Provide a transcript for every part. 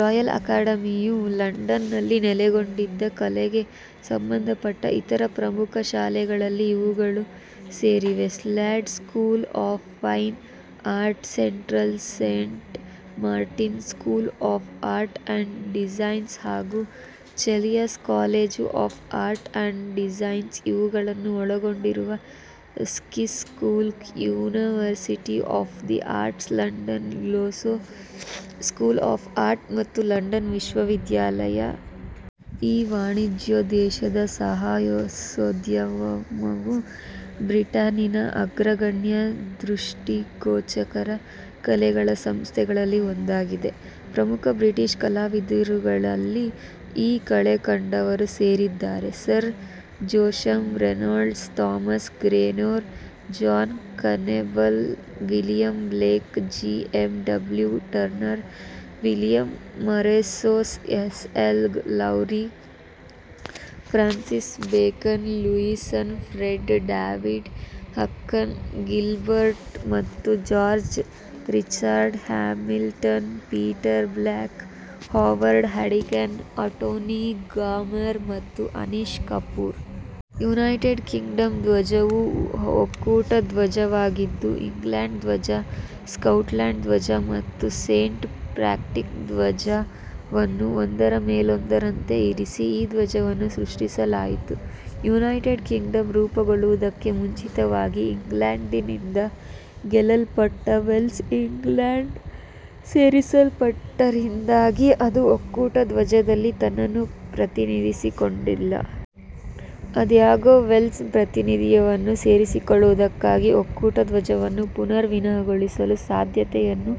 Royal Academy ಯು ಲಂಡನ್ನಲ್ಲಿ ನೆಲೆಗೊಂಡಿದೆ. ಕಲೆಗೆ ಸಂಬಂಧಪಟ್ಟ ಇತರ ಪ್ರಮುಖ ಶಾಲೆಗಳಲ್ಲಿ ಇವುಗಳು ಸೇರಿವೆ: Slade School of Fine Art; Central Saint Martins School of Art and Design ಹಾಗೂ Chelsea College of Art and Design ಇವುಗಳನ್ನು ಒಳಗೊಂಡಿರುವ six school University of the Arts London; Glasgow School of Art ಮತ್ತು ಲಂಡನ್ ವಿಶ್ವವಿದ್ಯಾಲಯದ ಗೋಲ್ಡ್ಸ್ಮಿತ್ಸ್. ಈ ವಾಣಿಜ್ಯೋದ್ದೇಶದ ಸಾಹಸೋದ್ಯಮವು ಬ್ರಿಟನ್ನಿನ ಅಗ್ರಗಣ್ಯ ದೃಷ್ಟಿಗೋಚರ ಕಲೆಗಳ ಸಂಸ್ಥೆಗಳಲ್ಲಿ ಒಂದಾಗಿದೆ. ಪ್ರಮುಖ ಬ್ರಿಟಿಷ್ ಕಲಾವಿದರುಗಳಲ್ಲಿ ಈ ಕೆಳಕಂಡವರು ಸೇರಿದ್ದಾರೆ: Sir Joshua Reynolds, Thomas Gainsborough, John Constable, William Blake, J. M. W. Turner, William Morris, L. S. Lowry, Francis Bacon, Lucian Freud, David Hockney, Gilbert ಮತ್ತು George, Richard Hamilton, Peter Blake, Howard Hodgkin, Antony Gormley ಮತ್ತು Anish Kapoor. United ಕಿಂಗಡಂನ ಧ್ವಜ ವು ಒಕ್ಕೂಟ ಧ್ವಜ ವಾಗಿದೆ. ಇಂಗ್ಲೆಂಡ್ನ ಧ್ವಜ, ಸ್ಕಾಟ್ಲೆಂಡ್ನ ಧ್ವಜ ಮತ್ತು ಸೇಂಟ್ ಪ್ಯಾಟ್ರಿಕ್ರ ಧ್ವಜ ವನ್ನು ಒಂದರ ಮೇಲೊಂದರಂತೆ ಇರಿಸಿ ಈ ಧ್ವಜವನ್ನು ಸೃಷ್ಟಿಸಲಾಯಿತು. ಯುನೈಟೆಡ್ ಕಿಂಗಡಂ ರೂಪುಗೊಳ್ಳುವುದಕ್ಕೆ ಮುಂಚಿತವಾಗಿಯೇ, ಇಂಗ್ಲೆಂಡ್ನಿಂದ ಗೆಲ್ಲಲ್ಪಟ್ಟ ವೇಲ್ಸ್ ಇಂಗ್ಲೆಂಡ್ಗೆ ಸೇರಿಸಲ್ಪಟ್ಟಿದ್ದರಿಂದಾಗಿ ಅದು ಒಕ್ಕೂಟ ಧ್ವಜದಲ್ಲಿ ತನ್ನನ್ನು ಪ್ರತಿನಿಧಿಸಿಕೊಂಡಿಲ್ಲ. ಆದಾಗ್ಯೂ, ವೇಲ್ಸ್ನ ಪ್ರಾತಿನಿಧ್ಯವನ್ನು ಸೇರಿಸಿಕೊಳ್ಳುವುದಕ್ಕಾಗಿ ಒಕ್ಕೂಟ ಧ್ವಜವನ್ನು ಪುನರ್ ವಿನ್ಯಾಸಗೊಳಿಸುವ ಸಾಧ್ಯತೆಯು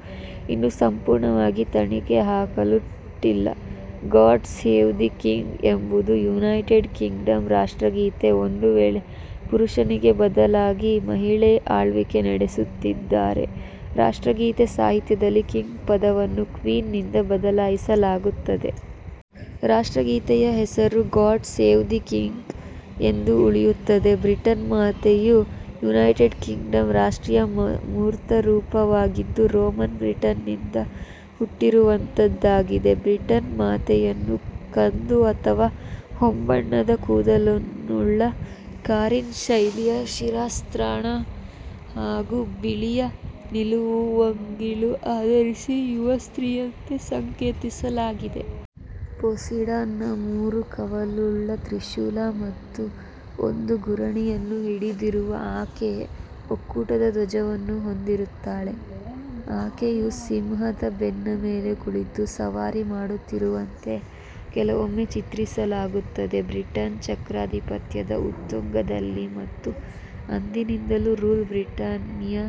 ಇನ್ನೂ ಸಂಪೂರ್ಣವಾಗಿ ತಳ್ಳಿಹಾಕಲ್ಪಟ್ಟಿಲ್ಲ. " ಗಾಡ್ ಸೇವ್ ದಿ ಕಿಂಗ್ " ಎಂಬುದು ಯುನೈಟೆಡ್ ಕಿಂಗ್ಡಂನ ರಾಷ್ಟ್ರಗೀತೆ. ಒಂದು ವೇಳೆ ಪುರುಷನಿಗೆ ಬದಲಾಗಿ ಮಹಿಳೆಯು ಆಳ್ವಿಕೆ ನಡೆಸುತ್ತಿದ್ದರೆ, ರಾಷ್ಟ್ರಗೀತೆಯ ಸಾಹಿತ್ಯದಲ್ಲಿನ "ಕಿಂಗ್" ಪದವನ್ನು "ಕ್ವೀನ್"ನಿಂದ ಬದಲಾಯಿಸಲಾಗುತ್ತದೆ. ರಾಷ್ಟ್ರಗೀತೆಯ ಹೆಸರು "ಗಾಡ್ ಸೇವ್ ದಿ ಕಿಂಗ್" ಎಂದೇ ಉಳಿಯುತ್ತದೆ. ಬ್ರಿಟನ್ ಮಾತೆ ಯು ಯುನೈಟೆಡ್ ಕಿಂಗ್ಡಂನ ರಾಷ್ಟ್ರೀಯ ಮೂರ್ತರೂಪ ವಾಗಿದ್ದು, ರೋಮನ್ ಬ್ರಿಟನ್ ನಿಂದ ಹುಟ್ಟಿರುವಂಥಾದ್ದಾಗಿದೆ. ಬ್ರಿಟನ್ ಮಾತೆಯನ್ನು ಕಂದು ಅಥವಾ ಹೊಂಬಣ್ಣದ ಕೂದಲನ್ನುಳ್ಳ, ಕಾರಿಂತ್ ಶೈಲಿಯ ಶಿರಸ್ತ್ರಾಣ ಹಾಗೂ ಬಿಳಿಯ ನಿಲುವಂಗಿಗಳನ್ನು ಧರಿಸಿರುವ ಯುವ ಸ್ತ್ರೀಯಂತೆ ಸಂಕೇತಿಸಲಾಗಿದೆ. ಪೋಸಿಡಾನ್ ನ ಮೂರು ಕವಲುಳ್ಳ ತ್ರಿಶೂಲ ಮತ್ತು ಒಂದು ಗುರಾಣಿ ಯನ್ನು ಹಿಡಿದಿರುವ ಆಕೆಯು, ಒಕ್ಕೂಟದ ಧ್ವಜವನ್ನು ಹೊಂದಿರುತ್ತಾಳೆ. ಆಕೆಯು ಸಿಂಹದ ಬೆನ್ನ ಮೇಲೆ ಕುಳಿತು ಸವಾರಿ ಮಾಡುತ್ತಿರುವಂತೆ ಕೆಲವೊಮ್ಮೆ ಚಿತ್ರಿಸಲಾಗುತ್ತದೆ. ಬ್ರಿಟನ್ ಚಕ್ರಾಧಿಪತ್ಯದ ಉತ್ತುಂಗದಲ್ಲಿ ಮತ್ತು ಅಂದಿನಿಂದಲೂ, ರೂಲ್, ಬ್ರಿಟಾನಿಯಾ!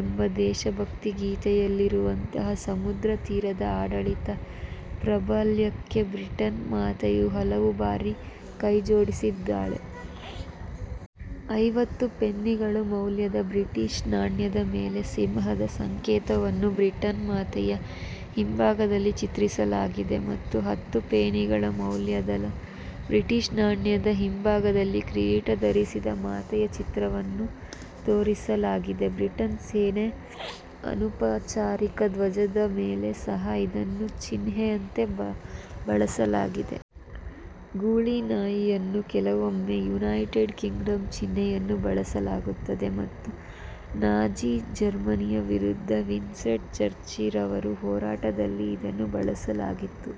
ಎಂಬ ದೇಶಭಕ್ತಿ ಗೀತೆಯಲ್ಲಿರುವಂತೆ, ಸಮುದ್ರ ತೀರದ ಆಡಳಿತ ಪ್ರಾಬಲ್ಯಕ್ಕೆ ಬ್ರಿಟನ್ ಮಾತೆಯು ಹಲವುಬಾರಿ ಕೈಜೋಡಿಸಿದ್ದಾಳೆ. ಐವತ್ತು ಪೆನ್ನಿಗಳ ಮೌಲ್ಯದ ಬ್ರಿಟಿಷ್ ನಾಣ್ಯ ದ ಮೇಲೆ ಸಿಂಹ ದ ಸಂಕೇತವನ್ನು ಬ್ರಿಟನ್ ಮಾತೆಯ ಹಿಂಭಾಗದಲ್ಲಿ ಚಿತ್ರಿಸಲಾಗಿದೆ ಮತ್ತು ಹತ್ತು ಪೆನ್ನಿಗಳ ಮೌಲ್ಯದ ಬ್ರಿಟಿಷ್ ನಾಣ್ಯ ದ ಹಿಂಭಾಗದಲ್ಲಿ ಕಿರೀಟ ಧರಿಸಿದ ಮಾತೆಯ ಚಿತ್ರವನ್ನು ತೋರಿಸಲಾಗಿದೆ. ಬ್ರಿಟಿಷ್ ಸೇನೆ ಯ ಅನೌಪಚಾರಿಕ ಧ್ವಜದ ಮೇಲೆಯೂ ಸಹ ಇದನ್ನು ಚಿಹ್ನೆಯಂತೆ ಬಳಸಲಾಗಿದೆ. ಗೂಳಿನಾಯಿ ಯನ್ನು ಕೆಲವೊಮ್ಮೆ ಯುನೈಟೆಡ್ ಕಿಂಗ್ಡಂನ ಚಿಹ್ನೆಯಾಗಿ ಬಳಸಲಾಗುತ್ತದೆ ಮತ್ತು ನಾಜಿ ಜರ್ಮನಿಯ ವಿರುದ್ಧದ ವಿನ್ಸ್ಟನ್ ಚರ್ಚಿಲ್ ರವರ ಹೋರಾಟದಲ್ಲಿಯೂ ಇದನ್ನು ಬಳಸಲಾಗಿತ್ತು.